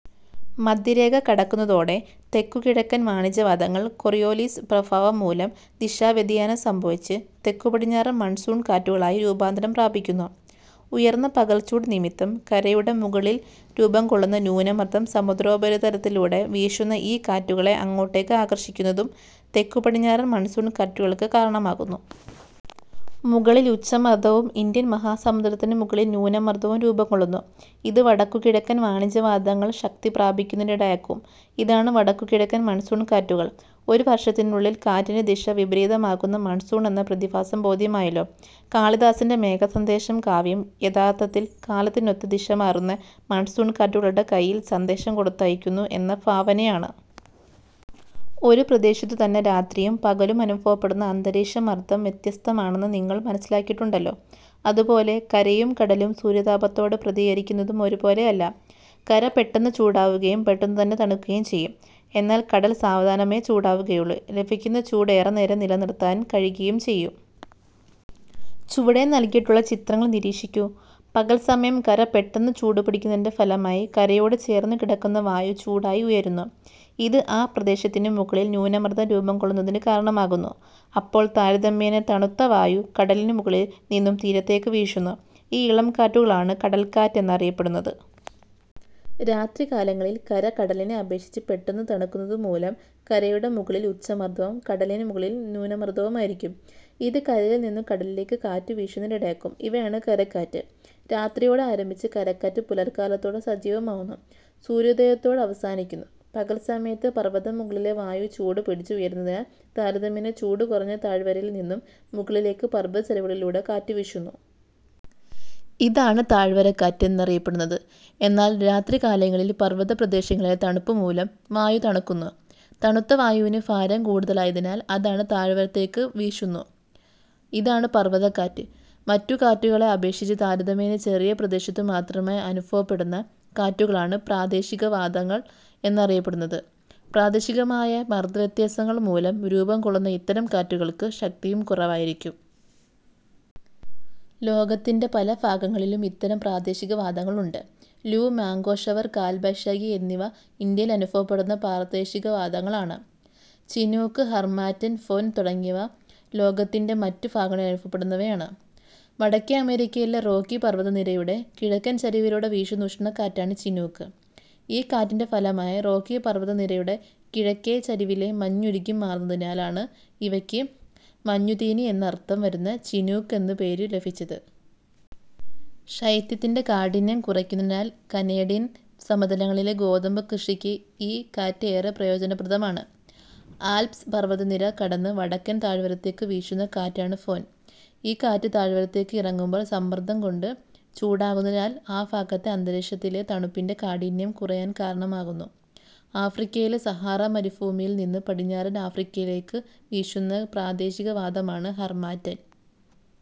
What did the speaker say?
മധ്യ രേഖ കടക്കുന്നതോടെ തെക്കു കിഴക്കൻ വാണിജ്യവാതങ്ങൾ കോറിയോലിസ് പ്രഭാവം മൂലം ദിശാ വ്യതിയാനം സംഭവിച്ച് തെക്കുപടിഞ്ഞാറൻ മൺസൂൺ കാറ്റുകളായി രൂപാന്തരം പ്രാപിക്കുന്നു. ഉയർന്ന പകൽച്ചൂട് നിമിത്തം കരയുടെ മുകളിൽ രൂപംകൊള്ളുന്ന ന്യൂനമർദം സമുദ്രോപരിതലത്തിലൂടെ വീശുന്ന ഈ കാറ്റുകളെ അങ്ങോട്ടേക്ക് ആകർഷിക്കുന്നതും തെക്കുപടിഞ്ഞാറൻ മൺസൂൺ കാറ്റുകൾക്ക് കാരണമാകുന്നു. മുകളിൽ ഉച്ചമർദവും ഇന്ത്യൻ മഹാസമുദ്രത്തിനു മുകളിൽ ന്യൂനമർദവും രൂപംകൊള്ളുന്നു. ഇത് വടക്കുകിഴക്കൻ വാണിജ്യവാതങ്ങൾ ശക്തി പ്രാപിക്കുന്നതിനിടയാക്കും. ഇതാണ് വടക്കുകിഴക്കൻ മൺസൂൺ കാറ്റുകൾ. ഒരു വർഷത്തിനുള്ളിൽ കാറ്റിന്റെ ദിശ വിപരീതമാകുന്ന മൺസൂൺ എന്ന പ്രതിഭാസം ബോധ്യമായല്ലോ. കാളിദാസന്റെ മേഘസന്ദേശം കാവ്യം യഥാർഥത്തിൽ കാലത്തിനൊത്ത് ദിശമാറുന്ന മൺസൂൺ കാറ്റുകളുടെ കൈയിൽ സന്ദേശം കൊടുത്തയയ്ക്കുന്നു എന്ന ഭാവനയാണ്! ഒരേ പ്രദേശത്തു തന്നെ രാത്രിയും പകലും അനുഭവപ്പെടുന്ന അന്തരീക്ഷ മർദം വ്യത്യസ്തമാണെന്ന് നിങ്ങൾ മനസ്സിലാക്കിയിട്ടുണ്ടല്ലോ. അതു പോലെ കരയും കടലും സൂര്യതാപത്തോട് പ്രതികരിക്കുന്നതു ഒരുപോലെയല്ല. കര പെട്ടെന്ന് ചൂടാവുകയും പെട്ടെന്നുതന്നെ തണുക്കുകയും ചെയ്യും. എന്നാൽ കടൽ സാവധാനമേ ചൂടാവുകയുളളൂ. ലഭിക്കുന്ന ചൂട് ഏറെനേരം നില നിർത്താൻ കഴിയുകയും ചെയ്യും. ചുവടെ നൽകിയിട്ടുള്ള ചിത്രങ്ങൾ നിരീക്ഷിക്കൂ. പകൽസമയം കര പെട്ടെന്ന് ചൂടുപിടിക്കുന്നതിന്റെ ഫലമായി കരയോട് ചേർന്നുകിടക്കുന്ന വായു ചൂടായി ഉയരുന്നു. ഇത് ആ പ്രദേശത്തിനു മുകളിൽ ന്യൂനമർദം രൂപംകൊള്ളുന്നതിനു കാരണമാകുന്നു. അപ്പോൾ താരതമ്യേന തണുത്ത വായു കടലിനുമുകളിൽ നിന്നു തീരത്തേക്ക് വീശുന്നു. ഈ ഇളംകാറ്റുകളാണ് കടൽക്കാറ്റ് എന്നറിയപ്പെടുന്നത്. രാത്രികാലങ്ങളിൽ കര കടലിനെ അപേക്ഷിച്ച് പെട്ടെന്നു തണുക്കുന്നതുമൂലം കരയുടെ മുകളിൽ ഉച്ചമർദവും കടലിനുമുകളിൽ ന്യൂനമർദവുമായിരിക്കും. ഇത് കരയിൽ നിന്നു കടലിലേക്ക് കാറ്റു വീശുന്നതിനിടയാക്കും. ഇവയാണ് കരക്കാറ്റ്. രാത്രിയോടെ ആരംഭിച്ച് കരക്കാറ്റ് പുലർകാലത്തോടെ സജീവമാവുന്നു; സൂര്യോദയത്തോടെ അവസാനിക്കുന്നു. പകൽസമയത്ത് പർവതമുകളിലെ വായു ചൂടുപിടിച്ച് ഉയരുന്നതിനാൽ താരതമ്യേന ചൂടുകുറഞ്ഞ താഴ്വരയിൽ നിന്നും മുകളിലേക്ക് പർവതച്ചരിവുകളിലൂടെ കാറ്റ് വീശുന്നു. ഇതാണ് താഴ്വരക്കാറ്റ് എന്നറിയപ്പെടുന്നത്. എന്നാൽ രാത്രികാലങ്ങളിൽ പർവതപ്രദേശങ്ങളിലെ തണുപ്പു മൂലം വായു തണുക്കുന്നു. തണുത്ത വായുവിന് ഭാരം കൂടുതലായതിനാൽ അത് താഴ്വാരത്തേക്കു വീശുന്നു. ഇതാണ് പർവതക്കാറ്റ്. മറ്റു കാറ്റുകളെ അപേക്ഷിച്ച് താരതമ്യേന ചെറിയ പ്രദേശത്തുമാത്രമായി അനുഭവപ്പെടുന്ന കാറ്റുകളാണ് പ്രാദേശികവാതങ്ങൾ എന്നറിയപ്പെടുന്നത്. പ്രാദേശികമായ മർദവ്യത്യാസങ്ങൾ മൂലം രൂപംകൊള്ളുന്ന ഇത്തരം കാറ്റുകൾക്ക് ശക്തിയും കുറവായിരിക്കും. ലോകത്തിന്റെ പലഭാഗങ്ങളിലും ഇത്തരം പ്രാദേശികവാതങ്ങളുണ്ട്. ലൂ, മാംഗോഷവർ, കാൽബൈശാഖി എന്നിവ ഇന്ത്യയിലനുഭവപ്പെടുന്ന പ്രാദേശികവാതങ്ങളാണ്. ചിനൂക്ക്, ഹർമാറ്റൻ, ഫൊൻ തുടങ്ങിയവ ലോകത്തിന്റെ മറ്റു ഭാഗങ്ങളിലനുഭവപ്പെടുന്നവയാണ്. വടക്കേ അമേരിക്കയിലെ റോക്കി പർവതനിരയുടെ കിഴക്കൻ ചരിവിലൂടെ വീശുന്ന ഉഷ്ണ കാറ്റാണ് ചിനൂക്ക്. ഈ കാറ്റിന്റെ ഫലമായി റോക്കി പർവത നിരയുടെ കിഴക്കേ ചരിവിലെ മഞ്ഞുരുകി മാറുന്നതിനാലാണ് ഇവയ്ക്ക് മഞ്ഞു തീനി എന്നർഥം വരുന്ന ചിനൂക്ക് എന്നു പേരു ലഭിച്ചത്. ശൈത്യത്തിന്റെ കാഠിന്യം കുറയ്ക്കുന്നതിനാൽ കനേഡിയൻ സമതലങ്ങളിലെ ഗോതമ്പ് കൃഷിക്ക് ഈ കാറ്റ് ഏറെ പ്രയോജനപ്രദമാണ്. ആൽപ്സ് പർവതനിര കടന്ന് വടക്കൻ താഴ്വാരത്തേക്കു വീശുന്ന കാറ്റാണ് ഫൊൻ. ഈ കാറ്റ് താഴ്വാരത്തേക്ക് ഇറങ്ങുമ്പോൾ സമ്മർദംകൊണ്ട് ചൂടാകുന്നതിനാൽ ആ ഭാഗത്തെ അന്തരീക്ഷത്തിലെ തണുപ്പിന്റെ കാഠിന്യം കുറയാൻ കാരണമാകുന്നു. ആഫ്രിക്കയിലെ സഹാറ മരുഭൂമിയിൽ നിന്ന് പടിഞ്ഞാറൻ ആഫ്രിക്കയിലേക്ക് വീശുന്ന പ്രാദേശിക വാതമാണ് ഹർമാറ്റൻ.